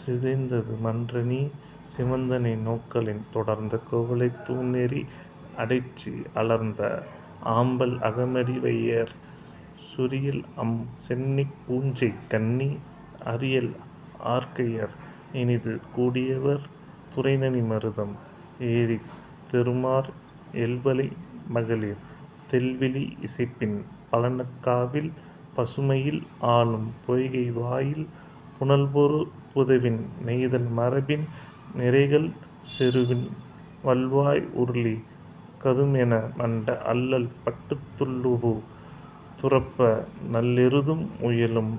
சிதைந்தது மன்றநீ சிவந்தனை நோக்கலின் தொடர்ந்த குவளைத் தூநெறி அடைச்சி அலர்ந்த ஆம்பல் அகமடி வையர் சுரியல்அம் சென்னிப் பூஞ்செய் கண்ணி அரியல் ஆர்கையர் இனிதுகூ டியவர் துறைநணி மருதம் ஏறித் தெறுமார் எல்வளை மகளிர் தெள்விளி இசைப்பின் பழனக் காவில் பசுமயில் ஆலும் பொய்கை வாயில் புனல்பொரு புதவின் நெய்தல் மரபின் நிரைகள் செறுவின் வல்வாய் உருளி கதும்என மண்ட அள்ளல் பட்டுத் துள்ளூபு துரப்ப நல்எருதும் முயலும்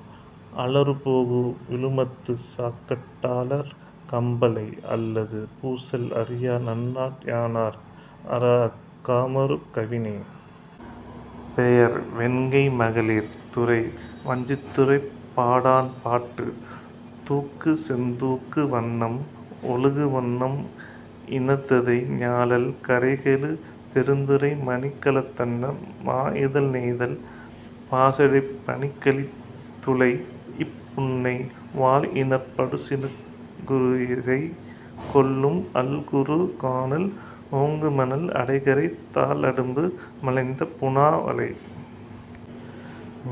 அளறுபோகு விழுமத்துச் சாகாட் டாளர் கம்பலை அல்லது பூசல் அறியா நன்னாட் யாணர் அறாஅக் காமரு கவினே. பெயர் வெண்கை மகளிர் துறை வஞ்சித்துறைப்பாடாண்பாட்டு தூக்கு செந்தூக்கு வண்ணம் ஒழுகு வண்ணம் இணர்ததை ஞாழல் கரைகெழு பெருந்துறை மணிக்கலத் தன்ன மாஇதழ் நெய்தல் பாசடைப் பனிக்கழி துழைஇப் புன்னை வால்இணர்ப் படுசினக் குருஇறை கொள்ளும் அல்குறு கானல் ஓங்குமணல் அடைகரை தாழ்அடும்பு மலைந்த புணாவளை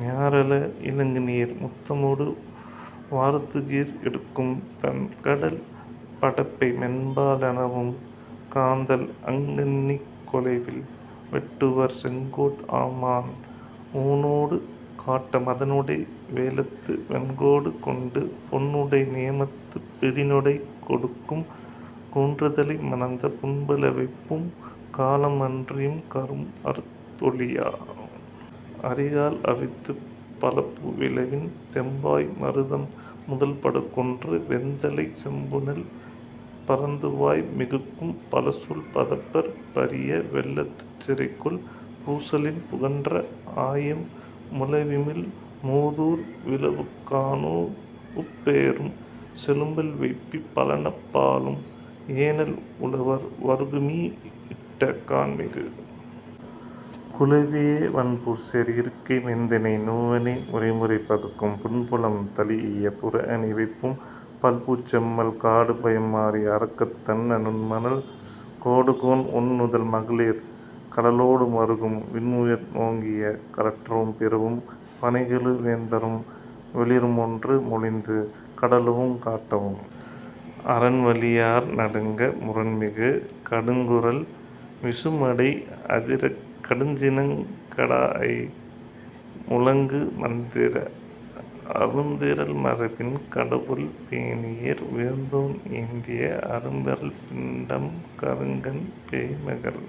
ஞரல இலங்குநீர் முத்தமொடு வார்துகிர் எடுக்கும் தண்கடல் படப்பை மென்பா லனவும் காந்தள்அங் கண்ணிக் கொலைவில் வேட்டுவர் செங்கோட் ஆமான் ஊனொடு காட்ட மதன்உடை வேழத்து வெண்கோடு கொண்டு பொன்உடை நியமத்துப் பிழிநொடை கொடுக்கும் குன்றுதலை மணந்த புன்புல வைப்பும் காலம் அன்றியும் கரும்அறுத் ஒழியா அரிகால் அவித்துப் பலபூ விழவின் தேம்பாய் மருதம் முதல்படக் கொன்று வெண்தலைச் செம்புனல் பரந்துவாய் மிகுக்கும் பலசூழ் பதப்பர் பரிய வெள்ளத்துச் சிறைகொள் பூசலின் புகன்ற ஆயம் முழவிமிழ் மூதூர் விழவுக்காணூஉப் பெயரும் செழும்பல் வைப்பி பழனப் பாலும் ஏனல் உழவர் வரகுமீ இட்ட கான்மிகு குளவிய வன்புசேர் இருக்கை மென்தினை நுவணை முறைமுறை பகுக்கும் புன்புலம் தழீஇய புறஅணி வைப்பும் பல்பூஞ் செம்மல் காடுபயம் மாறி அரக்கத் தன்ன நுண்மணல் கோடுகொண் ஒண்நுதல் மகளிர் கழலொடு மறுகும் விண்உயர்ந் ஓங்கிய கடற்றவும் பிறவும் பணைகெழு வேந்தரும் வேளிரும்ஒன்று மொழிந்து கடலவுங் காட்டவும் அரண்வலியார் நடுங்க முரண்மிகு கடுங்குரல் விசும்அடை அதிரக் கடுஞ்சினங் கடாஅய் முழங்கு மந்திரத் அருந்திறல் மரபின் கடவுள் பேணியர் உயர்ந்தோன் ஏந்திய அரும்பெறல் பிண்டம் கருங்கண் பேய்மகள்